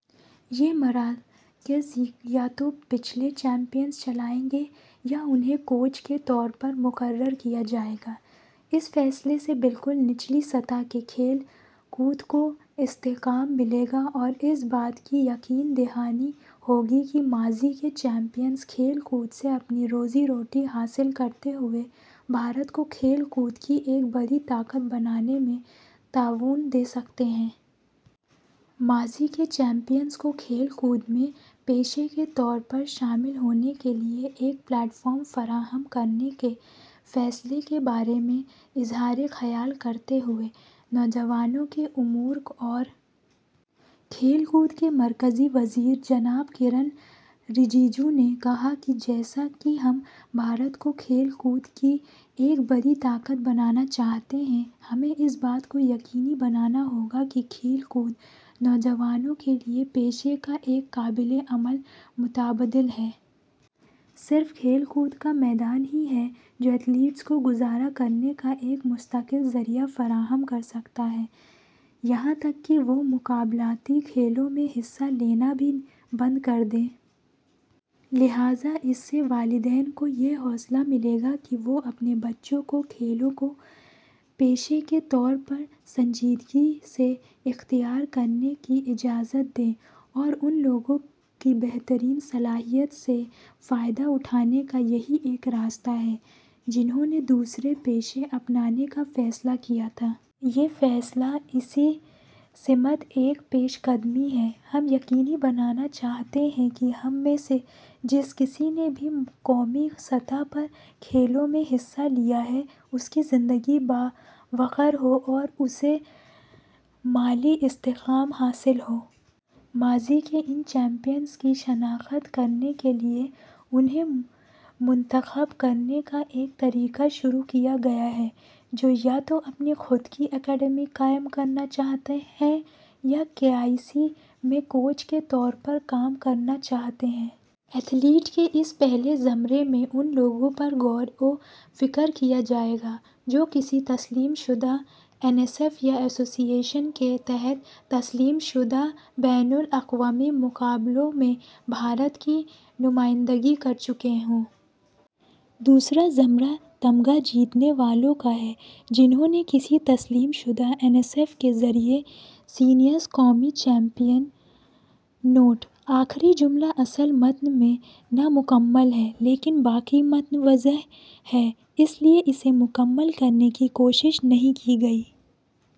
یہ مراکز یا تو پچھلے چیمپئن چلائیں گے یا انہیں کوچ کے طور پر مقرر کیا جائے گا۔ اس فیصلے سے بالکل نچلی سطح کے کھیل کود کو استحکام ملے گا اور اس بات کی یقین دہانی ہوگی کہ ماضی کے چیمپئن کھیل کود سے اپنی روزی روٹی حاصل کرتے ہوئے بھارت کو کھیل کود کی ایک بڑی طاقت بنانے میں تعاون دے سکتے ہیں۔ ماضی کے چیمپئنوں کو کھیل کود میں پیشے کے طور پر شامل ہونے کے لیے ایک پلیٹ فارم فراہم کرنے کے فیصلے کے بارے میں اظہار خیال کرتے ہوئے نوجوانوں کے امور اور کھیل کود کے مرکزی وزیر جناب کرن رجیجو نے کہا کہ جیسا کہ ہم بھارت کو کھیل کود کی ایک بڑی طاقت بنانا چاہتے ہیں، ہمیں اس بات کو یقینی بنانا ہوگا کہ کھیل کود نوجوانوں کے لیے پیشے کا ایک قابل عمل متبادل ہے۔ صرف کھیل کود کا میدان ہی ہے جو ایتھلیٹس کو گزر بسر کا ایک مستقل ذریعہ فراہم کر سکتا ہے، یہاں تک کہ وہ مقابلہ جاتی کھیلوں میں حصہ لینا بھی بند کر دیں۔ لہٰذا اس سے والدین کو یہ حوصلہ ملے گا کہ وہ اپنے بچوں کو کھیلوں کو پیشے کے طور پر سنجیدگی سے اختیار کرنے کی اجازت دیں اور اُن لوگوں کی بہترین صلاحیت سے فائدہ اٹھانے کا یہی ایک راستہ ہے جنہوں نے دوسرے پیشے اپنانے کا فیصلہ کیا تھا۔ یہ فیصلہ اسی سمت ایک پیش قدمی ہے۔ ہم یقینی بنانا چاہتے ہیں کہ ہم میں سے جس کسی نے بھی قومی سطح پر کھیلوں میں حصہ لیا ہے، اُس کی زندگی باوقار ہو اور اسے مالی استحکام حاصل ہو۔ ماضی کے ان چیمپئنوں کی شناخت کرنے کے لیے انہیں منتخب کرنے کا ایک طریقہ شروع کیا گیا ہے جو یا تو اپنی خود کی اکیڈمی قائم کرنا چاہتے ہیں یا کے آئی سی میں کوچ کے طور پر کام کرنا چاہتے ہیں۔ ایتھلیٹ کے اس پہلے زمرے میں جن لوگوں پر غور و خوض کیا جائے گا، وہ وہ لوگ ہیں جنہوں نے کسی تسلیم شدہ این ایس ایف یا ایسوسی ایشن کے تحت تسلیم شدہ بین الاقوامی مقابلوں میں بھارت کی نمائندگی کی ہو۔ دوسرا زمرہ تمغہ جیتنے والوں کا ہے جنہوں نے کسی تسلیم شدہ این ایس ایف کے ذریعے سینئرز قومی چیمپئن نوٹ: آخری جملہ اصل متن میں نامکمل ہے، لیکن باقی متن واضح ہے، اس لیے اسے مکمل کرنے کی کوشش نہیں کی گئی۔